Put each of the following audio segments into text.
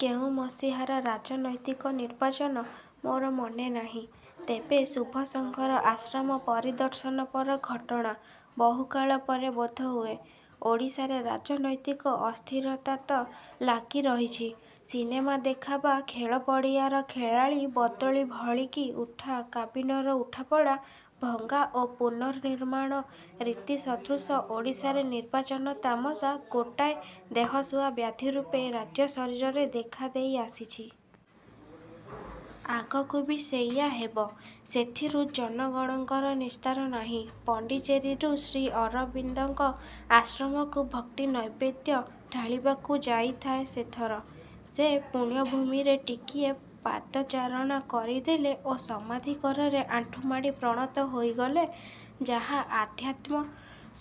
କେଉଁ ମସିହାର ରାଜନୈତିକ ନିର୍ବାଚନ, ମୋର ମନେନାହିଁ। ତେବେ ଶୁଭଶଙ୍କର ଆଶ୍ରମ ପରିଦର୍ଶନ ପର ଘଟଣା, ବହୁକାଳ ପରେ ବୋଧହୁଏ। ଓଡ଼ିଶାରେ ରାଜନୈତିକ ଅସ୍ଥିରତା ତ ଲାଗିରହିଛି। ସିନେମାଦେଖା ବା ଖେଳ ପଡ଼ିଆର ଖେଳାଳି ବଦଳି ଭଳି କି ଉଠା–କାବିନର ଉଠାପଡ଼ା, ଭଙ୍ଗା ଓ ପୁନର୍ନିର୍ମାଣ ରୀତି ସଦୃଶ ଓଡ଼ିଶାରେ ନିର୍ବାଚନ-ତାମସା ଗୋଟାଏ ଦେହସୁହା ବ୍ୟାଧିରୂପେ ରାଜ୍ୟ-ଶରୀରରେ ଦେଖାଦେଇ ଆସିଛି। ଆଗକୁ ବି ସେଇଆ ହେବ। ସେଥିରୁ ଜନଗଣଙ୍କର ନିସ୍ତାର ନାହିଁ। ପଣ୍ଡିଚେରୀରୁ ଶ୍ରୀଅରବିନ୍ଦଙ୍କ ଆଶ୍ରମକୁ ଭକ୍ତି ନୈବେଦ୍ୟ ଢାଳିବାକୁ ଯାଇଥାଏ ସେ ଥର-। ସେ ପୁଣ୍ୟଭୂମିରେ ଟିକିଏ ପାଦଚାରଣା କରିଦେଲେ ଓ ସମାଧି କରରେ ଆଣ୍ଠୁମାଡ଼ି ପ୍ରଣତ ହୋଇଗଲେ, ଯାହା ଆଧ୍ୟାତ୍ମ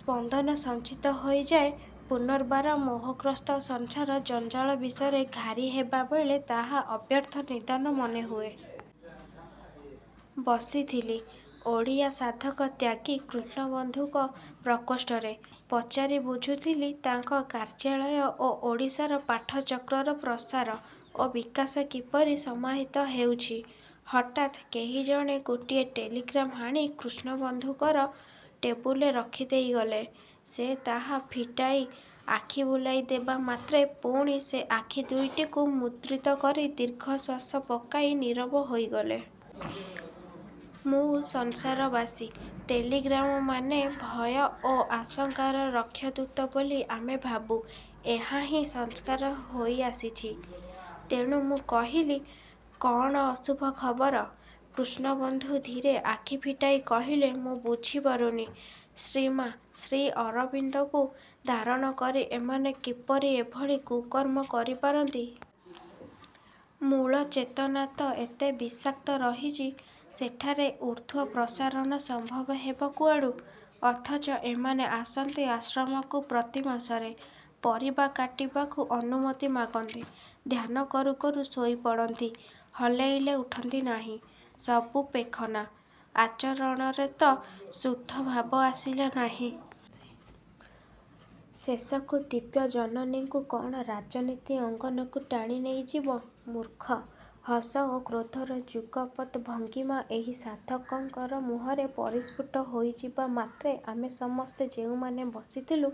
ସ୍ପନ୍ଦନ ସଞ୍ଚିତ ହୋଇଯାଏ, ପୁନର୍ବାର ମୋହଗ୍ରସ୍ତ ସଂସାର-ଜଞ୍ଜାଳ ବିଷରେ ଘାରିହେବାବେଳେ ତାହା ଅବ୍ୟର୍ଥ ନିଦାନ ମନେହୁଏ। ବସିଥିଲି, ଓଡ଼ିଆ ସାଧକ ତ୍ୟାଗୀ କୃଷ୍ଣବନ୍ଧୁଙ୍କ ପ୍ରକୋଷ୍ଠରେ। ପଚାରି ବୁଝୁଥିଲି ତାଙ୍କ କାର୍ଯ୍ୟାଳୟ ଓ ଓଡ଼ିଶାର ପାଠଚକ୍ରର ପ୍ରସାର ଓ ବିକାଶ କିପରି ସମାହିତ ହେଉଛି। ହଠାତ୍ କେହି ଜଣେ ଗୋଟିଏ ଟେଲିଗ୍ରାମ୍ ଆଣି କୃଷ୍ଣବନ୍ଧୁଙ୍କର ଟେବୁଲରେ ରଖିଦେଇଗଲେ। ସେ ତାହା ଫିଟାଇ ଆଖି ବୁଲାଇଦେବା ମାତ୍ରେ ପୁଣି ସେ ଆଖି ଦୁଇଟିକୁ ମୁଦ୍ରିତ କରି ଦୀର୍ଘଶ୍ଵାସ ପକାଇ ନୀରବ ହୋଇଗଲେ। ମୁଁ ସଂସାରବାସୀ। ଟେଲିଗ୍ରାମ ମାନେ ଭୟ ଓ ଆଶଙ୍କାର ରକ୍ଷଦୂତ ବୋଲି ଆମେ ଭାବୁ... ଏହା ହିଁ ସଂସ୍କାର ହୋଇଆସିଛି। ତେଣୁ ମୁଁ କହିଲି– 'କଅଣ ଅଶୁଭ ଖବର? ' କୃଷ୍ଣବନ୍ଧୁ ଧୀରେ ଆଖି ଫିଟାଇ କହିଲେ– 'ମୁଁ ବୁଝିପାରୁନି, ଶ୍ରୀମା' ଶ୍ରୀ ଅରବିନ୍ଦଙ୍କୁ ଧାରଣ କରି ଏମାନେ କିପରି ଏଭଳି କୁକର୍ମ କରିପାରନ୍ତି। ମୂଳ ଚେତନା ତ ଏତେ ବିଷାକ୍ତ ରହିଛି, ସେଠାରେ ଊର୍ଦ୍ଧ୍ଵ ପ୍ରସାରଣ ସମ୍ଭବ ହେବ କୁଆଡ଼ୁ? ଅଥଚ ଏମାନେ ଆସନ୍ତି ଆଶ୍ରମକୁ ପ୍ରତି ମାସରେ, ପରିବା କାଟିବାକୁ ଅନୁମତି ମାଗନ୍ତି, ଧ୍ୟାନ କରୁ କରୁ ଶୋଇପଡ଼ନ୍ତି, ହଲେଇଲେ ଉଠନ୍ତିନାହିଁ। ସବୁ ପେଖନା। ଆଚରଣରେ ତ ଶୁଦ୍ଧଭାବ ଆସିଲାନାହିଁ? ଶେଷକୁ ଦିବ୍ୟଜନନୀଙ୍କୁ କଅଣ ରାଜନୀତି ଅଙ୍ଗନକୁ ଟାଣି ନେଇଯିବ? ମୂର୍ଖ... ' ହସ ଓ କ୍ରୋଧର ଯୁଗପତ୍ ଭଙ୍ଗିମା ଏହି ସାଧକଙ୍କର ମୁହଁରେ ପରିସ୍ଫୁଟ ହୋଇଯିବା ମାତ୍ରେ ଆମେ ସମସ୍ତେ ଯେଉଁମାନେ ବସିଥିଲୁ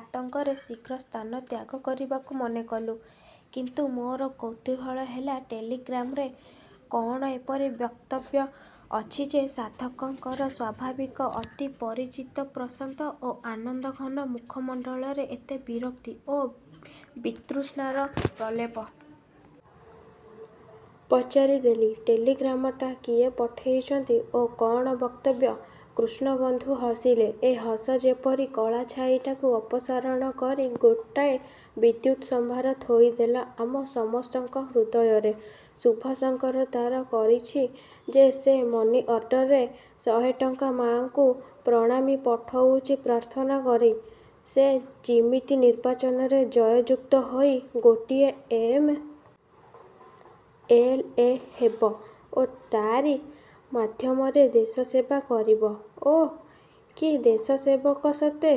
ଆତଙ୍କରେ ଶୀଘ୍ର ସ୍ଥାନ ତ୍ୟାଗକରିବାକୁ ମନେକଲୁ-। କିନ୍ତୁ ମୋର କୌତୁହଳ ହେଲା ଟେଲିଗ୍ରାମ୍ରେ କଅଣ ଏପରି ବକ୍ତବ୍ୟ ଅଛି ଯେ ସାଧକଙ୍କର ସ୍ଵାଭାବିକ ଅତି ପରିଚିତ ପ୍ରଶାନ୍ତ ଓ ଆନନ୍ଦଘନ ମୁଖମଣ୍ଡଳରେ ଏତେ ବିରକ୍ତି ଓ ବିତୃଷ୍ଣାର ପ୍ରଲେପ? ପଚାରିଦେଲି– 'ଟେଲିଗ୍ରାମଟା କିଏ ପଠେଇଛନ୍ତି ଓ କଅଣ ବକ୍ତବ୍ୟ? ' କୃଷ୍ଣବନ୍ଧୁ ହସିଲେ–ଏ ହସ ଯେପରି କଳାଛାଇଟାକୁ ଅପସାରଣ କରି ଗୋଟାଏ ବିଦ୍ୟୁତ୍-ସମ୍ଭାର ଥୋଇଦେଲା ଆମ ସମସ୍ତଙ୍କ ହୃଦୟରେ। "ଶୁଭଶଙ୍କର ତାର କରିଛି ଯେ ସେ ମନିଅର୍ଡ଼ରରେ ଶହେଟଙ୍କା ମାଆଙ୍କୁ ପ୍ରଣାମି ପଠଉଛି ପ୍ରାର୍ଥନା କରି, ସେ ଯିମିତି ନିର୍ବାଚନରେ ଜୟଯୁକ୍ତ ହୋଇ ଗୋଟିଏ ଏମ୍. ଏଲ୍. ଏ. ହେବ ଓ ତାଆରି ମାଧ୍ୟମରେ ଦେଶସେବା କରିବ। ଓଃ, କି ଦେଶସେବକ ସତେ?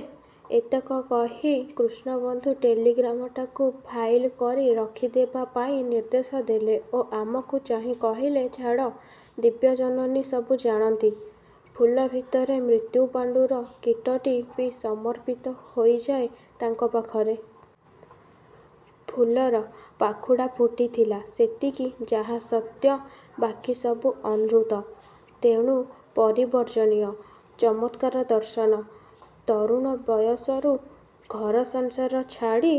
" ଏତକ କହି କୃଷ୍ଣବନ୍ଧୁ ଟେଲିଗ୍ରାମଟାକୁ ଫାଇଲ କରି ରଖିଦେବାପାଇଁ ନିର୍ଦ୍ଦେଶ ଦେଲେ ଓ ଆମକୁ ଚାହିଁ କହିଲେ–" ଛାଡ଼, ଦିବ୍ୟଜନନୀ ସବୁ ଜାଣନ୍ତି। ଫୁଲ ଭିତରେ ମୃତ୍ୟୁପାଣ୍ଡୁର କୀଟଟି ବି ସମର୍ପିତ ହୋଇଯାଏ ତାଙ୍କ ପାଖରେ। ଫୁଲର, ପାଖୁଡ଼ା ଫୁଟିଥିଲା, ସେତିକି ଯାହା ସତ୍ୟ; ବାକୀ ସବୁ ଅନୃତ, ତେଣୁ ପରିବର୍ଜନୀୟ। ଚମତ୍କାର ଦର୍ଶନ। ତରୁଣ ବୟସରୁ ଘର-ସଂସାର ଛାଡ଼ି,